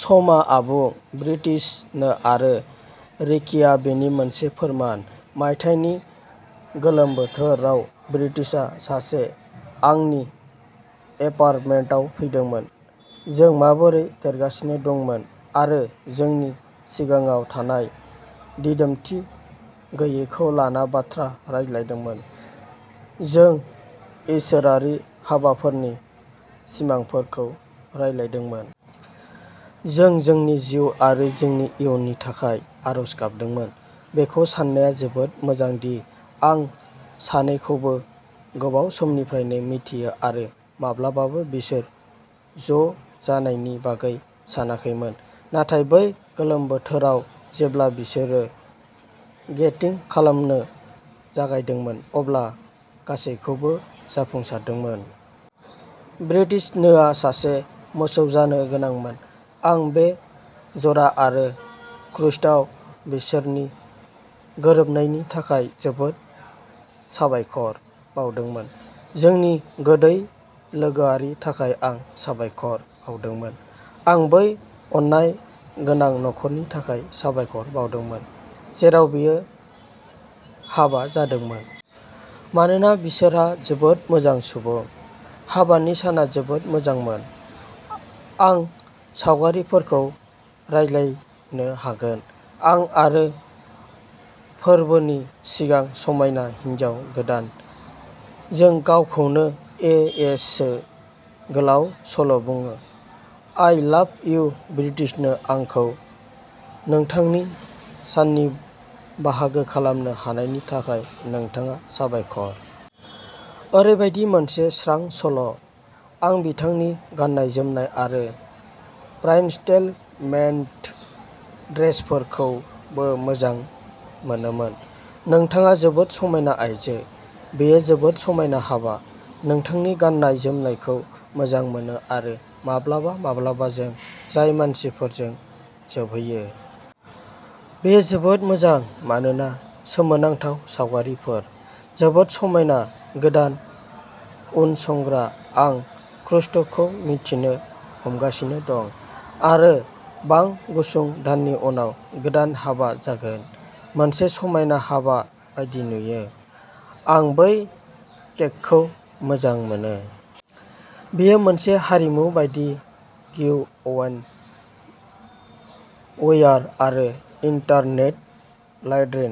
समआ आबुं। ब्रिटिसनी आरो रिकीआ बेनि मोनसे फोरमान। मायथाइनि गोलोम बोथोराव ब्रिटिसनीआ सानसे आंनि एपारटमेनटआव फैदोंमोन। जों माबोरै देरगासिनो दंमोन आरो जोंनि सिगाङाव थानाय दिदोमथि गैयैखौ लानानै बाथ्रा रायज्लायदोंमोन। जों इसोरारि हाबाफोरनि सिमांफोरखौ रानलायदोंमोन। जों जोंनि जिउ आरो जोंनि इयुननि थाखाय आरज गाबदोंमोन। बेखौ साननाया जोबोद मोजां दि आं सानैखौबो गोबाव समनिफ्रायनो मिथियो आरो माब्लाबाबो बिसोर ज'जानायनि बागै सानाखैमोन। नाथाय बै गोलोम बोथोराव जेब्ला बिसोरो डेटिं खालामनो जागायदोंमोन, अब्ला गासैबो जाफुंसारदोंमोन। ब्रिटिसनीआ मासे मैसो जानो गोनांमोन। आं बे जरा आरो खृष्टआव बिसोरनि गोरोबनायनि थाखाय जोबोद साबायखर बावदोंमोन। जोंनि गोदै लोगोआरिनि थाखाय आं साबायखर बावदोंमोन। आं बै अननाय गोनां नखरनि थाखाय साबायखर बावदोंमोन, जेराव बियो हाबा जादोंमोन। मानोना बिसोरो जोबोद मोजां सुबुं। हाबानि साना जोबोद मोजांमोन। आं सावगारिफोरखौ रायज्लायनो होगोन। आं आरो फोरबोनि सिगां समायना हिन्जाव गोदान। जों गावखौनो ए. एस. सी. गोलाव सल' बुङो। आइ लाभ इउ, ब्रिटिसनो, आंखौ नोंथांनि साननि बाहागो खालामनो होनायनि थाखाय नोंथांनो साबायखर। ओरैबायदि मोनसे स्रां सल'। आं बिथांनि गाननाय जोमनाय आरो ब्राइडसमेइड ड्रेसफोरखौबो मोजां मोनोमोन। नोंथाङा जोबोद समायना आइजो। बेयो जोबोद समायना हाबा। नोंथांनि गाननाय जोमनायखौ मोजां मोनो आरो माब्लाबा माब्लाबा जों जाय मानसिफोरजों जोबहैयो। बेयो जोबोद मोजां मानोना सोमोनांथाव सावगारिफोर, जोबोद समायना, गोदान उनसंग्रा। आं खृष्टखौ मिनथिनो हमगासिनो दं आरो बा गुसुं दाननि उनाव गोदान हाबा जागोन। मोनसे समायना हाबा बायदि नुयो। आं बै केकखौ मोजां मोनो। बेयो मोनसे हारिमु बायदि गिवअवे विनार आरो इनटारनेट लानड्री।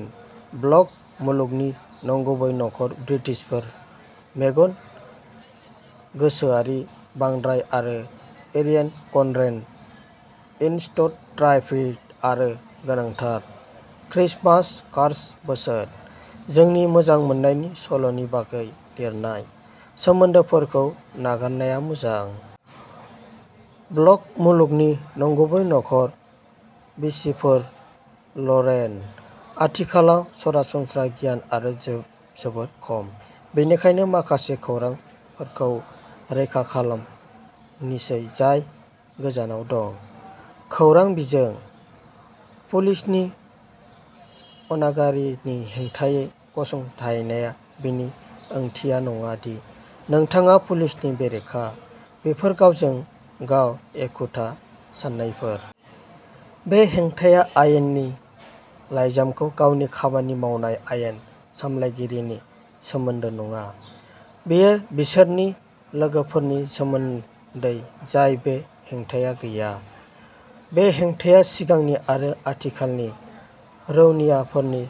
ब्लग मुलुगनि नंगुबै नखर बिसिफोर मेगन गोसोआरि बांद्राय आरो एरिन कनड्रेन। इनस्टाफ्रिड आरो गोनांथार क्रिसमास कार्ड बोसोन। जोंनि मोजां मोननायनि सल'नि बागै लिरनाय सोमोन्दोफोरखौ नागारनाया मोजां। ब्लग मुलुगनि नंगुबै नखर बिसिफोर लरेन। आथिखालाव सरासनस्रा गियानआ जोबोद खम। बेनिखायनो माखासे खौरांफोरखौ रोखा खालामनिसै जाय गोजानाव दं। खौरां बिजों। पुलिसनि अनागारिनि हेंथायै गसंथेनाया बेनि ओंथिया नङा दि नोंथाङा पुलिसनि बेरेखा। बेफोर गावजों-गाव एखुथा साननायफोर। बे हेंथाया आयेननि लाइजामखौ गावनि खामानि मावनाय आयेन सामलायगिरिनि सोमोन्दै नङा। बेयो बिसोरनि लोगोफोरनि सोमोन्दै जाय बे हेंथाया गैया। बे हेंथाया सिगांनि आरो आथिखालनि रौनियाफोरनि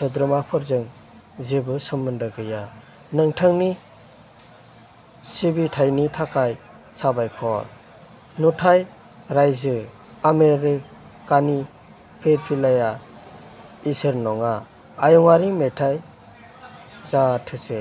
सोद्रोमाफोरजों जेबो सोमोन्दो गैया। नोंथांनि सिबिथायनि थाखाय साबायखर। जुथाइ रायजो आमेरिकानि फिरफिलाया इसोर नङा। हायुंआरि मेथाइयाव जाथोसे